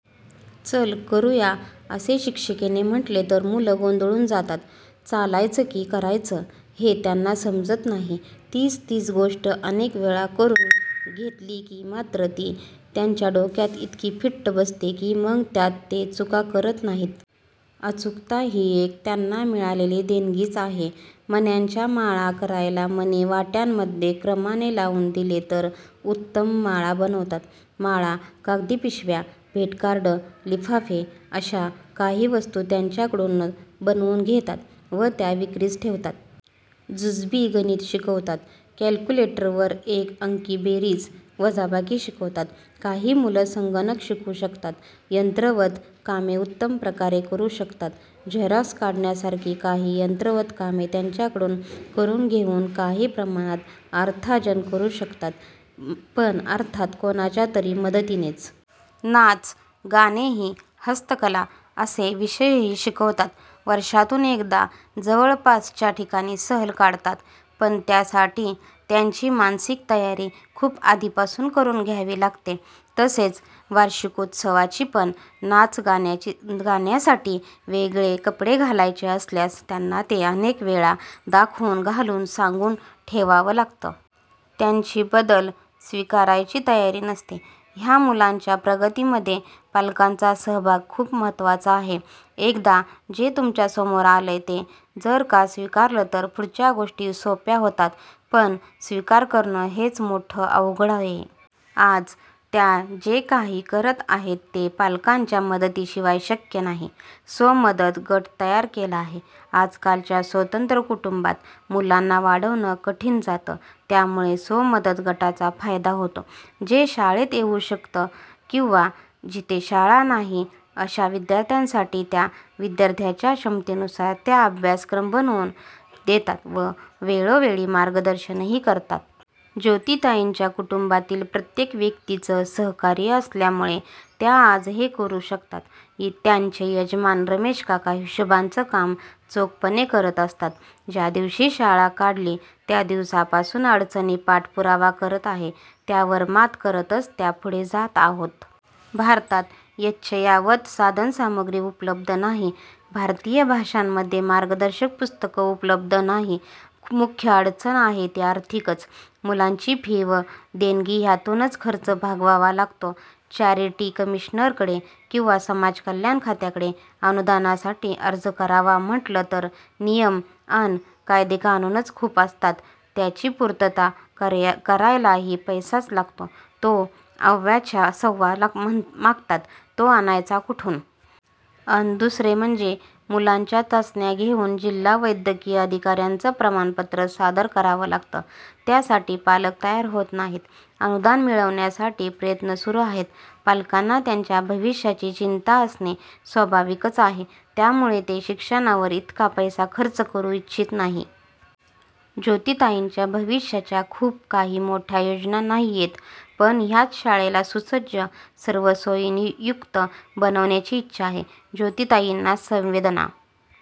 चल करूया असे शिक्षिकेने म्हटले तर मुलं गोंधळून जातात, चालायचं की करायचं हे त्यांना समजत नाही. तीच तीच गोष्ट अनेकवेळा करून घेतली की मात्र ती त्यांच्या डोक्यात इतकी फिट्ट बसते की मग त्यात ते चुका करत नाही. अचूकता ही एक त्यांना मिळालेली देणगीच आहे. मण्यांच्या माळा करायला मणी वाट्यांमध्ये क्रमाने लावून दिले तर उत्तम माळा बनवतात. माळा, कागदी पिशव्या, भेटकार्ड, लिफाफे अश्या काही वस्तू त्यांच्याकडून बनवून घेतात व त्या विक्रीस ठेवतात. जुजबी गणित शिकवतात. कॅलक्युलेटरवर एक अंकी बेरीज वजाबाकी शिकवतात. काही मुलं संगणक शिकू शकतात. यंत्रवत कामे उत्तम प्रकारे करू शकतात. झेरॉक्स काढण्यासारखी काही यंत्रवत कामे त्यांच्याकडून करून घेऊन काही प्रमाणात अर्थाजन करू शकतात पण अर्थात कोणाच्या तरी मदतीनेच. नाच, गाणेही, हस्तकला असे विषयही शिकवतात. वर्षातून एकदा जवळपासच्या ठिकाणी सहल काढतात पण त्यासाठी त्यांची मानसिक तयारी खूप आधीपासून करून घ्यावी लागते. तसेच वार्षिकोत्सवाची पण. नाचगाण्यासाठी वेगळे कपडे घालायचे असल्यास त्यांना ते अनेकवेळा दाखवून, घालून, सांगून ठेवावं लागतं. त्यांची बदल स्वीकारायची तयारी नसते. ह्या मुलांच्या प्रगतीमध्ये पालकांचा सहभाग खूप महत्त्वाचा आहे. एकदा जे तुमच्या समोर आलंय ते जर का स्वीकारलं तर पुढच्या गोष्टी सोप्या होतात पण स्वीकार करणं हेच मोठं अवघड आहे. आज त्या जे काही करत आहेत ते पालकांच्या मदतीशिवाय शक्य नाही. स्वमदत गट तयार केला आहे. आजकालच्या स्वतंत्र कुटुंबात मुलांना वाढवणं कठीण जातं त्यामुळे स्वमदत गटाचा फायदा होतो. जे शाळेत येऊ शकत किंवा जिथे शाळा नाहीत अश्या विद्यार्थ्यांसाठी त्या विद्यार्थ्याच्या क्षमतेनुसार त्या अभ्यासक्रम बनवून देतात व वेळोवेळी मार्गदर्शनही करतात. ज्योतीताईंच्या कुटुंबातील प्रत्येक व्यक्तीचं सहकार्य असल्यामुळे त्या आज हे करू शकतात. त्यांचे यजमान रमेशकाका हिशोबाचं कामं चोखपणे करत असतात. ज्या दिवशी शाळा काढली त्या दिवसापासून अडचणी पाठपुरावा करत आहे. त्यावर मात करतच त्या पुढे जात आहोत. भारतात यच्चयावत साधनसामग्री उपलब्ध नाही. भारतीय भाषांमध्ये मार्गदर्शक पुस्तकं उपलब्ध नाही. मुख्य अडचण आहे ती आर्थिकच. मुलांची फी व देणगी ह्यातूनच खर्च भागवावा लागतो. चॅरिटी कमिशनरकडे किंवा समाज कल्याण खात्याकडे अनुदानासाठी अर्ज करावा म्हटलं तर नियम अन कायदेकानूनच खूप असतात त्याची पूर्तता करायलाही पैसाच लागतो, तो अव्वाच्या सव्वा मागतात तो आणायचा कुठून. अन दुसरे म्हणजे मुलांच्या चाचण्या घेऊन जिल्हा वैद्यकीय अधिकाऱ्याचं प्रमाणपत्र सादर करावं लागतं त्यासाठी पालक तयार होत नाहीत. अनुदान मिळवण्यासाठी प्रयत्न सुरू आहेत. पालकांना त्यांच्या भविष्याची चिंता असणे स्वाभाविकच आहे त्यामुळे ते शिक्षणावर इतका पैसा खर्च करू इच्छित नाही. ज्योतीताईंच्या भविष्याच्या खूप काही मोठ्या योजना नाहीयेत पण ह्याच शाळेला सुसज्ज, सर्व सोयींयुक्त बनवण्याची इच्छा आहे. ज्योतीताईंनी संवेदना